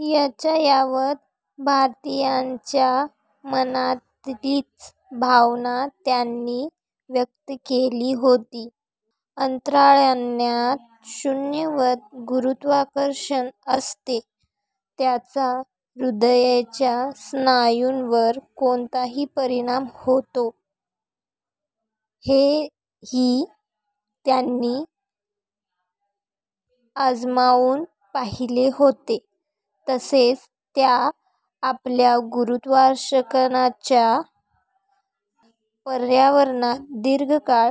यच्चयावत भारतीयांच्या मनातलीच भावना त्यांनी व्यक्त केली होती. अंतराळयानात शून्यवत गुरुत्त्वाकर्षण असतं. त्याचा हृदयाच्या स्नायूंवर कोणता परिणाम होतो, हेही त्यांनी अजमावून पाहिलं होतं. तसंच त्या अल्प गुरुत्त्वाकर्षणाच्या पर्यावरणात दीर्घ काळ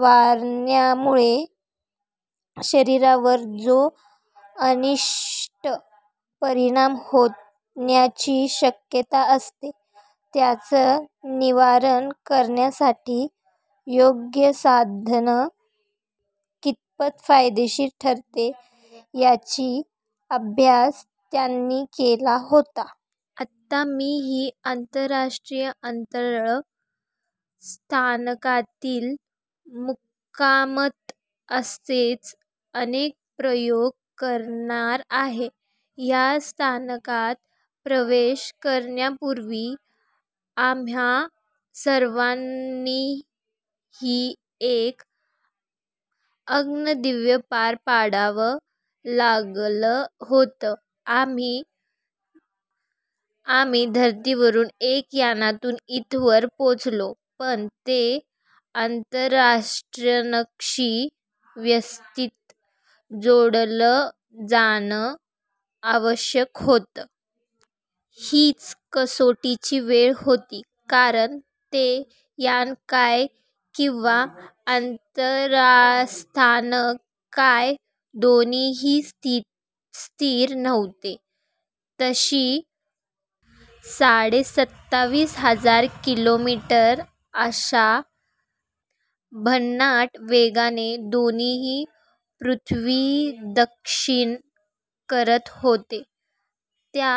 वावरण्यामुळे शरीरावर जे अनिष्ट परिणाम होण्याची शक्यता असते, त्यांचं निवारण करण्यासाठी योगसाधना कितपत फायदेशीर ठरते, याचाही अभ्यास त्यांनी केला होता. आता मीही आंतरराष्ट्रीय अंतराळ स्थानकातील मुक्कामात असेच अनेक प्रयोग करणार आहे. या स्थानकात प्रवेश करण्यापूर्वी आम्हा सर्वांनाही एक अग्निदिव्य पार पाडावं लागलं होतं. आम्ही धरतीवरून एका यानातून इथवर पोचलो. पण ते अंतराळस्थानकाशी व्यवस्थित जोडलं जाणं आवश्यक होतं. हीच कसोटीची वेळ होती. कारण ते यान काय किंवा अंतराळस्थानक काय दोन्हीही स्थिर नव्हते. ताशी साडेसत्तावीस हजार किलोमीटर अशा भन्नाट वेगाने दोन्ही पृथ्वीप्रदक्षिणा करत होतो. त्या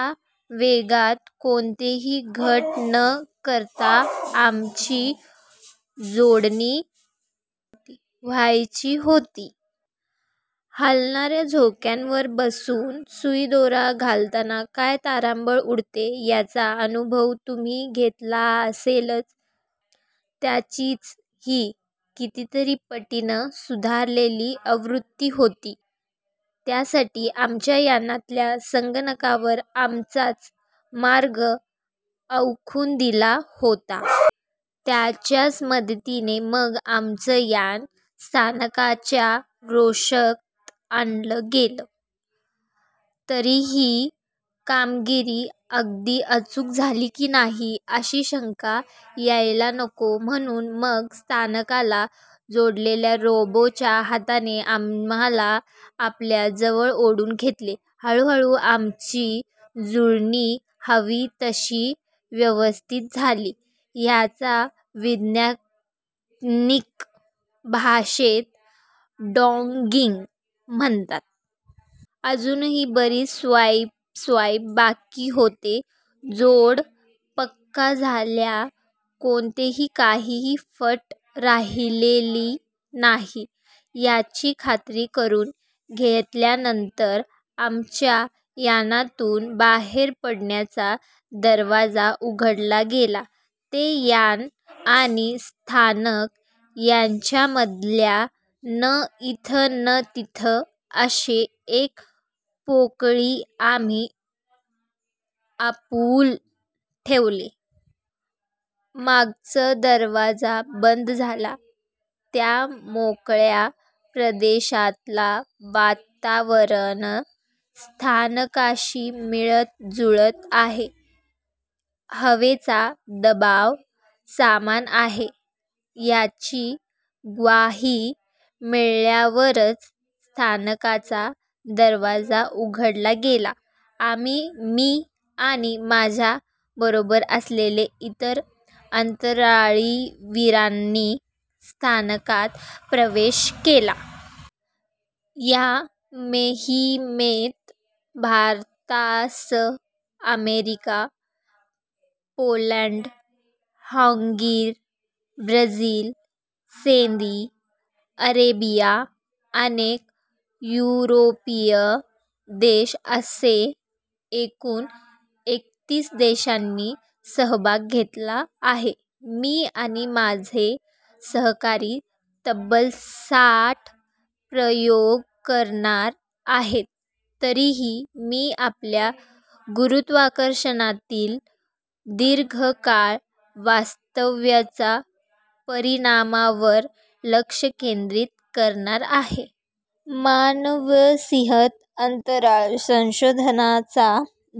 वेगात कोणतीही घट न करता आमची जोडणी व्हायची होती. हालणाऱ्या झोपाळ्यावर बसून सुईत दोरा घालताना काय तारांबळ उडते, याचा अनुभव तुम्ही घेतला असेलच. त्याचीच ही कितीतरी पटीनं सुधारलेली आवृत्ती होती. त्यासाठी आमच्या यानातल्या संगणकावर आमचा मार्ग आखून दिला होता. त्याच्याच मदतीनं मग आमचं यान स्थानकाच्या रेषेत आणलं गेलं. तरीही ही कामगिरी अगदी अचूक झाली की नाही, अशी शंका यायला नको म्हणून मग स्थानकाला जोडलेल्या रोबोच्या हातानं आम्हांला आपल्या जवळ ओढून घेतलं. हळूहळू आमची जुळणी हवी तशी व्यवस्थित झाली. यालाच वैज्ञानिक भाषेत डॉकिंग म्हणतात. अजूनही बरीच सव्यापसव्य बाकी होती. जोड पक्का झालाय, कुठंही काही फट राहिलेली नाही, याची खात्री करून घेतल्यानंतर आमच्या यानातून बाहेर पडण्याचा दरवाजा उघडला गेला. ते यान आणि स्थानक यांच्यामधल्या ना इथं ना तिथं अशा एका पोकळीत आम्ही पाऊल ठेवलं. मागचा दरवाजा बंद झाला. त्या मोकळ्या प्रदेशातलं वातावरण स्थानकाशी मिळतं जुळतं आहे, हवेचा दाब समान आहे, याची ग्वाही मिळाल्यावरच स्थानकाचा दरवाजा उघडला गेला. आम्ही, मी आणि माझ्या बरोबर असलेल्या इतर अंतराळवीरांनी स्थानकात प्रवेश केला. या मोहिमेत भारतासह America, Poland, Hungary, Brazil, Saudi Arabia, अनेक युरोपीय देश अशा एकूण एकतीस देशांनी सहभाग घेतला आहे. मी आणि माझे सहकारी तब्बल साठ प्रयोग करणार आहोत. तरीही मी अल्प गुरुत्त्वाकर्षणातील दीर्घ काळ वास्तव्याच्या परिणामांवरच लक्ष केंद्रित करणार आहे. मानवसहित अंतराळ संशोधनाचा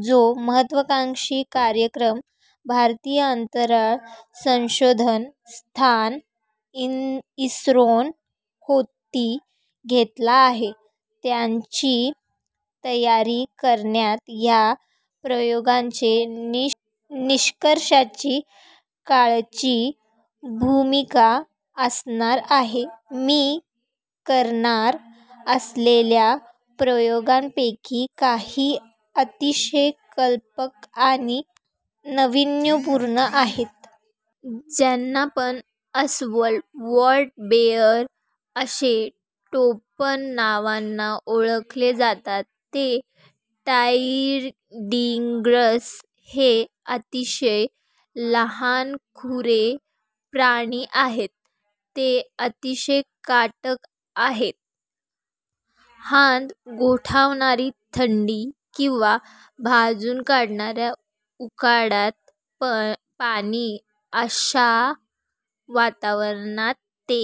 जो महत्त्वाकांक्षी कार्यक्रम भारतीय अंतराळ संशोधन संस्था इस्रोनं हाती घेतला आहे, त्याची तयारी करण्यात या प्रयोगांच्या निष्कर्षांची कळीची भूमिका असणार आहे. मी करणार असलेल्या प्रयोगांपैकी काही अतिशय कल्पक आणि नाविन्यपूर्ण आहेत. ज्यांना पाण अस्वलं, वॉटर बेअर्स, अशा टोपण नावानं ओळखलं जातं ते टारडीग्रास हे अतिशय लहानखुरे प्राणी आहेत. ते अतिशय काटक आहेत. हाडं गोठवणारी थंडी, किंवा भाजून काढणारं उकळतं पाणी अशा वातावरणात ते